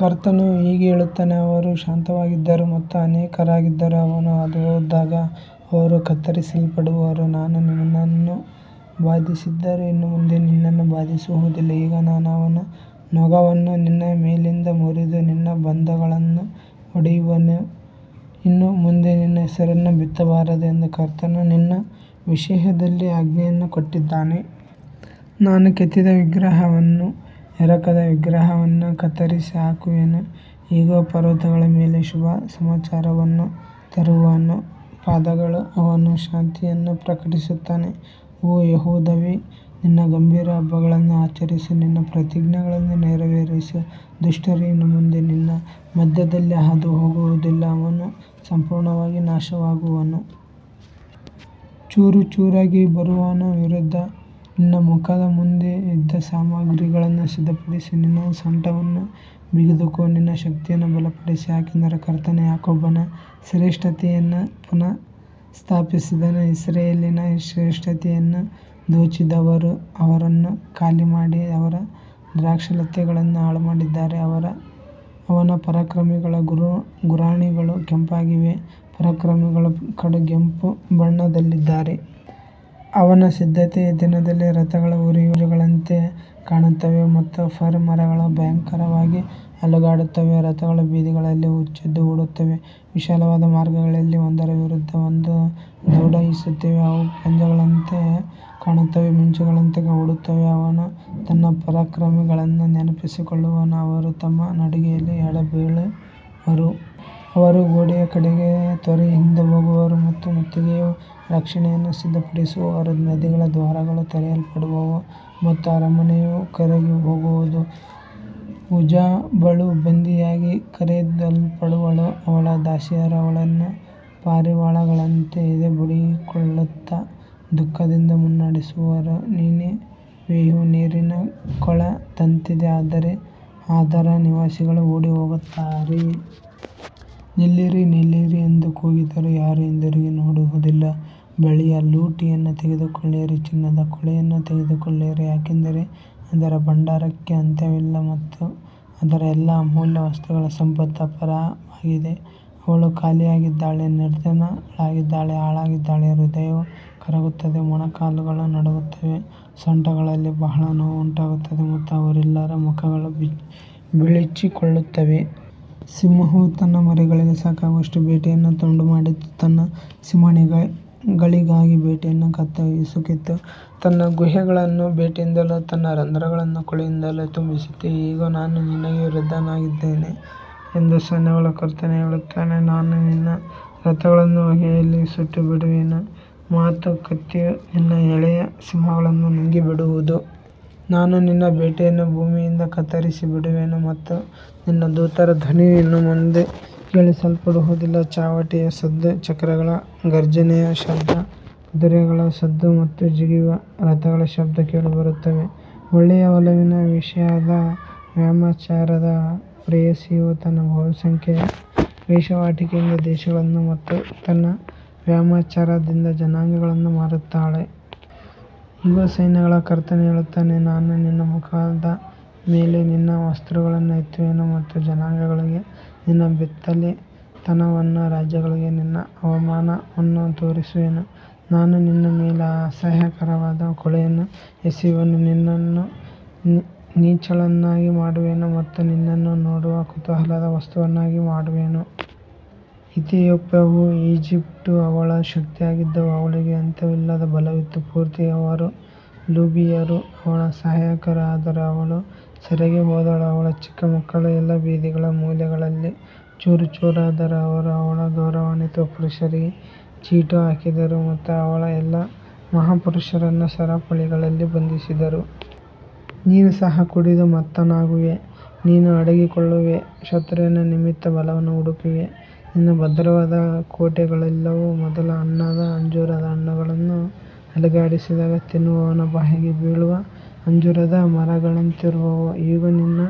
ಕರ್ತನು ಹೀಗೆ ಹೇಳುತ್ತಾನೆ, ಅವರು ಶಾಂತವಾಗಿದ್ದರೂ ಮತ್ತು ಅನೇಕರಾಗಿದ್ದರೂ, ಅವನು ಹಾದುಹೋದಾಗ ಅವರು ಕತ್ತರಿಸಲ್ಪಡುವರು. ನಾನು ನಿನ್ನನ್ನು ಬಾಧಿಸಿದ್ದರೂ ಇನ್ನು ಮುಂದೆ ನಿನ್ನನ್ನು ಬಾಧಿಸುವುದಿಲ್ಲ. ಈಗ ನಾನು ಅವನ ನೊಗವನ್ನು ನಿನ್ನ ಮೇಲಿಂದ ಮುರಿದು ನಿನ್ನ ಬಂಧಗಳನ್ನು ಒಡೆಯುವೆನು. ಇನ್ನು ಮುಂದೆ ನಿನ್ನ ಹೆಸರನ್ನು ಬಿತ್ತಬಾರದು ಎಂದು ಕರ್ತನು ನಿನ್ನ ವಿಷಯದಲ್ಲಿ ಆಜ್ಞೆಯನ್ನು ಕೊಟ್ಟಿದ್ದಾನೆ. ನಾನು ಕೆತ್ತಿದ ವಿಗ್ರಹವನ್ನೂ ಎರಕದ ವಿಗ್ರಹವನ್ನೂ ಕತ್ತರಿಸಿಹಾಕುವೆನು. ಇಗೋ, ಪರ್ವತಗಳ ಮೇಲೆ ಶುಭ ಸಮಾಚಾರವನ್ನು ತರುವವನ ಪಾದಗಳು, ಅವನು ಶಾಂತಿಯನ್ನು ಪ್ರಕಟಿಸುತ್ತಾನೆ. ಓ ಯೆಹೂದವೇ, ನಿನ್ನ ಗಂಭೀರ ಹಬ್ಬಗಳನ್ನು ಆಚರಿಸು, ನಿನ್ನ ಪ್ರತಿಜ್ಞೆಗಳನ್ನು ನೆರವೇರಿಸು. ದುಷ್ಟರು ಇನ್ನು ಮುಂದೆ ನಿನ್ನ ಮಧ್ಯದಲ್ಲಿ ಹಾದುಹೋಗುವುದಿಲ್ಲ, ಅವನು ಸಂಪೂರ್ಣವಾಗಿ ನಾಶವಾಗುವನು. ಚೂರುಚೂರಾಗಿ ಬರುವವನ ವಿರುದ್ಧ ನಿನ್ನ ಮುಖದ ಮುಂದೆ ಯುದ್ಧಸಾಮಗ್ರಿಗಳನ್ನು ಸಿದ್ಧಪಡಿಸು, ನಿನ್ನ ಸೊಂಟವನ್ನು ಬಿಗಿದುಕೋ, ನಿನ್ನ ಶಕ್ತಿಯನ್ನು ಬಲಪಡಿಸು. ಯಾಕಂದರೆ ಕರ್ತನು ಯಾಕೋಬನ ಶ್ರೇಷ್ಠತೆಯನ್ನು ಪುನಃಸ್ಥಾಪಿಸಿದನು, ಇಸ್ರಾಯೇಲಿನ ಶ್ರೇಷ್ಠತೆಯನ್ನು ದೋಚಿದವರು ಅವರನ್ನು ಖಾಲಿಮಾಡಿ ಅವರ ದ್ರಾಕ್ಷಾಲತೆಗಳನ್ನು ಹಾಳುಮಾಡಿದ್ದಾರೆ. ಅವನ ಪರಾಕ್ರಮಿಗಳ ಗುರಾಣಿಗಳು ಕೆಂಪಾಗಿವೆ, ಪರಾಕ್ರಮಿಗಳು ಕಡುಗೆಂಪು ಬಣ್ಣದಲ್ಲಿದ್ದಾರೆ. ಅವನ ಸಿದ್ಧತೆಯ ದಿನದಲ್ಲಿ ರಥಗಳು ಉರಿಯುವ ಪಂಜುಗಳಂತೆ ಕಾಣುತ್ತವೆ ಮತ್ತು ಫರ್ ಮರಗಳು ಭಯಂಕರವಾಗಿ ಅಲುಗಾಡುತ್ತವೆ. ರಥಗಳು ಬೀದಿಗಳಲ್ಲಿ ಹುಚ್ಚೆದ್ದು ಓಡುತ್ತವೆ, ವಿಶಾಲವಾದ ಮಾರ್ಗಗಳಲ್ಲಿ ಒಂದರ ವಿರುದ್ಧ ಒಂದು ದೌಡಾಯಿಸುತ್ತವೆ. ಅವು ಪಂಜುಗಳಂತೆ ಕಾಣುತ್ತವೆ, ಮಿಂಚುಗಳಂತೆ ಓಡುತ್ತವೆ. ಅವನು ತನ್ನ ಪರಾಕ್ರಮಿಗಳನ್ನು ನೆನಪಿಸಿಕೊಳ್ಳುವನು, ಅವರು ತಮ್ಮ ನಡಿಗೆಯಲ್ಲಿ ಎಡವಿಬೀಳುವರು. ಅವರು ಗೋಡೆಯ ಕಡೆಗೆ ತ್ವರೆಯಿಂದ ಹೋಗುವರು ಮತ್ತು ಮುತ್ತಿಗೆಯ ರಕ್ಷಣೆಯನ್ನು ಸಿದ್ಧಪಡಿಸುವರು. ನದಿಗಳ ದ್ವಾರಗಳು ತೆರೆಯಲ್ಪಡುವವು ಮತ್ತು ಅರಮನೆಯು ಕರಗಿಹೋಗುವುದು. ಹುಝಾಬಳು ಬಂಧಿಯಾಗಿ ಕರೆದೊಯ್ಯಲ್ಪಡುವಳು, ಅವಳ ದಾಸಿಯರು ಅವಳನ್ನು ಪಾರಿವಾಳಗಳಂತೆ ಎದೆ ಬಡಿದುಕೊಳ್ಳುತ್ತಾ ದುಃಖದಿಂದ ಮುನ್ನಡೆಸುವರು. ನಿನೆವೆಯು ನೀರಿನ ಕೊಳದಂತಿದೆ, ಆದರೆ ಅದರ ನಿವಾಸಿಗಳು ಓಡಿಹೋಗುತ್ತಾರೆ. ನಿಲ್ಲಿರಿ, ನಿಲ್ಲಿರಿ ಎಂದು ಕೂಗಿದರೂ ಯಾರೂ ಹಿಂದಿರುಗಿ ನೋಡುವುದಿಲ್ಲ. ಬೆಳ್ಳಿಯ ಲೂಟಿಯನ್ನು ತೆಗೆದುಕೊಳ್ಳಿರಿ, ಚಿನ್ನದ ಕೊಳ್ಳೆಯನ್ನು ತೆಗೆದುಕೊಳ್ಳಿರಿ, ಏಕೆಂದರೆ ಅದರ ಭಂಡಾರಕ್ಕೆ ಅಂತ್ಯವಿಲ್ಲ ಮತ್ತು ಅದರ ಎಲ್ಲಾ ಅಮೂಲ್ಯ ವಸ್ತುಗಳ ಸಂಪತ್ತು ಅಪಾರವಾಗಿದೆ. ಅವಳು ಖಾಲಿಯಾಗಿದ್ದಾಳೆ, ನಿರ್ಜನಳಾಗಿದ್ದಾಳೆ, ಹಾಳಾಗಿದ್ದಾಳೆ. ಹೃದಯವು ಕರಗುತ್ತದೆ, ಮೊಣಕಾಲುಗಳು ನಡುಗುತ್ತವೆ, ಸೊಂಟಗಳಲ್ಲಿ ಬಹಳ ನೋವು ಉಂಟಾಗುತ್ತದೆ ಮತ್ತು ಅವರೆಲ್ಲರ ಮುಖಗಳು ಬಿಳಿಚಿಕೊಳ್ಳುತ್ತವೆ. ಸಿಂಹವು ತನ್ನ ಮರಿಗಳಿಗೆ ಸಾಕಾಗುವಷ್ಟು ಬೇಟೆಯನ್ನು ತುಂಡುಮಾಡಿತು, ತನ್ನ ಸಿಂಹಿಣಿಗಳಿಗಾಗಿ ಬೇಟೆಯನ್ನು ಕತ್ತು ಹಿಸುಕಿತು, ತನ್ನ ಗುಹೆಗಳನ್ನು ಬೇಟೆಯಿಂದಲೂ ತನ್ನ ರಂಧ್ರಗಳನ್ನು ಕೊಳ್ಳೆಯಿಂದಲೂ ತುಂಬಿಸಿತು. ಇಗೋ, ನಾನು ನಿನಗೆ ವಿರುದ್ಧವಾಗಿದ್ದೇನೆ ಎಂದು ಸೈನ್ಯಗಳ ಕರ್ತನು ಹೇಳುತ್ತಾನೆ. ನಾನು ನಿನ್ನ ರಥಗಳನ್ನು ಹೊಗೆಯಲ್ಲಿ ಸುಟ್ಟುಬಿಡುವೆನು ಮತ್ತು ಕತ್ತಿಯು ನಿನ್ನ ಎಳೆಯ ಸಿಂಹಗಳನ್ನು ನುಂಗಿಬಿಡುವುದು. ನಾನು ನಿನ್ನ ಬೇಟೆಯನ್ನು ಭೂಮಿಯಿಂದ ಕತ್ತರಿಸಿಬಿಡುವೆನು ಮತ್ತು ನಿನ್ನ ದೂತರ ಧ್ವನಿಯು ಇನ್ನು ಮುಂದೆ ಕೇಳಿಸಲ್ಪಡುವುದಿಲ್ಲ. ಚಾವಟಿಯ ಸದ್ದು, ಚಕ್ರಗಳ ಘರ್ಜನೆಯ ಶಬ್ದ, ಕುದುರೆಗಳ ಸದ್ದು ಮತ್ತು ಜಿಗಿಯುವ ರಥಗಳ ಶಬ್ದ ಕೇಳಿಬರುತ್ತವೆ. ಒಳ್ಳೆಯ ಒಲವಿನ ವೇಶ್ಯೆಯಾದ ವಾಮಾಚಾರದ ಪ್ರೇಯಸಿಯು ತನ್ನ ಬಹುಸಂಖ್ಯೆಯ ವೇಶ್ಯಾವಾಟಿಕೆಯಿಂದ ದೇಶಗಳನ್ನು ಮತ್ತು ತನ್ನ ವಾಮಾಚಾರದಿಂದ ಜನಾಂಗಗಳನ್ನು ಮಾರುತ್ತಾಳೆ. ಇಗೋ, ಸೈನ್ಯಗಳ ಕರ್ತನು ಹೇಳುತ್ತಾನೆ, ನಾನು ನಿನ್ನ ಮುಖದ ಮೇಲೆ ನಿನ್ನ ವಸ್ತ್ರಗಳನ್ನು ಎತ್ತುವೆನು ಮತ್ತು ಜನಾಂಗಗಳಿಗೆ ನಿನ್ನ ಬೆತ್ತಲೆತನವನ್ನೂ ರಾಜ್ಯಗಳಿಗೆ ನಿನ್ನ ಅವಮಾನವನ್ನೂ ತೋರಿಸುವೆನು. ನಾನು ನಿನ್ನ ಮೇಲೆ ಅಸಹ್ಯಕರವಾದ ಕೊಳೆಯನ್ನು ಎಸೆಯುವೆನು, ನಿನ್ನನ್ನು ನೀಚಳನ್ನಾಗಿ ಮಾಡುವೆನು ಮತ್ತು ನಿನ್ನನ್ನು ನೋಡುವ ಕುತೂಹಲದ ವಸ್ತುವನ್ನಾಗಿ ಮಾಡುವೆನು. ಇಥಿಯೋಪ್ಯವೂ ಈಜಿಪ್ಟೂ ಅವಳ ಶಕ್ತಿಯಾಗಿದ್ದವು, ಅವಳಿಗೆ ಅಂತ್ಯವಿಲ್ಲದ ಬಲವಿತ್ತು. ಪೂರ್ತಿಯವರೂ ಲೂಬಿಯರೂ ಅವಳ ಸಹಾಯಕರು. ಆದರೂ ಅವಳು ಸೆರೆಗೆ ಹೋದಳು, ಅವಳ ಚಿಕ್ಕ ಮಕ್ಕಳು ಎಲ್ಲಾ ಬೀದಿಗಳ ಮೂಲೆಗಳಲ್ಲಿ ಚೂರುಚೂರಾದರು. ಅವರು ಅವಳ ಗೌರವಾನ್ವಿತ ಪುರುಷರಿಗಾಗಿ ಚೀಟು ಹಾಕಿದರು ಮತ್ತು ಅವಳ ಎಲ್ಲಾ ಮಹಾಪುರುಷರನ್ನು ಸರಪಳಿಗಳಲ್ಲಿ ಬಂಧಿಸಿದರು. ನೀನೂ ಸಹ ಕುಡಿದು ಮತ್ತನಾಗುವೆ, ನೀನು ಅಡಗಿಕೊಳ್ಳುವೆ, ಶತ್ರುವಿನ ನಿಮಿತ್ತ ಬಲವನ್ನು ಹುಡುಕುವೆ. ನಿನ್ನ ಭದ್ರವಾದ ಕೋಟೆಗಳೆಲ್ಲವೂ ಮೊದಲ ಹಣ್ಣಾದ ಅಂಜೂರದ ಹಣ್ಣುಗಳನ್ನು ಅಲುಗಾಡಿಸಿದಾಗ ತಿನ್ನುವವನ ಬಾಯಿಗೆ ಬೀಳುವ ಅಂಜೂರದ ಮರಗಳಂತಿರುವವು. ಇಗೋ, ನಿನ್ನ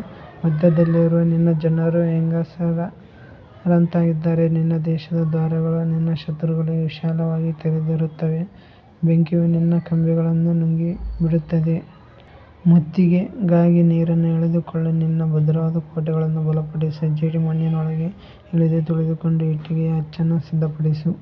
ಮಧ್ಯದಲ್ಲಿರುವ ನಿನ್ನ ಜನರು ಹೆಂಗಸರಂತಾಗಿದ್ದಾರೆ. ನಿನ್ನ ದೇಶದ ದ್ವಾರಗಳು ನಿನ್ನ ಶತ್ರುಗಳಿಗೆ ವಿಶಾಲವಾಗಿ ತೆರೆದಿರುತ್ತವೆ, ಬೆಂಕಿಯು ನಿನ್ನ ಕಂಬಿಗಳನ್ನು ನುಂಗಿಬಿಡುತ್ತದೆ. ಮುತ್ತಿಗೆಗಾಗಿ ನೀರನ್ನು ಎಳೆದುಕೊಳ್ಳು, ನಿನ್ನ ಭದ್ರವಾದ ಕೋಟೆಗಳನ್ನು ಬಲಪಡಿಸು. ಜೇಡಿಮಣ್ಣಿನೊಳಗೆ ಇಳಿದು ತುಳಿದುಕೊಂಡು ಇಟ್ಟಿಗೆಯ ಅಚ್ಚನ್ನು ಸಿದ್ಧಪಡಿಸು.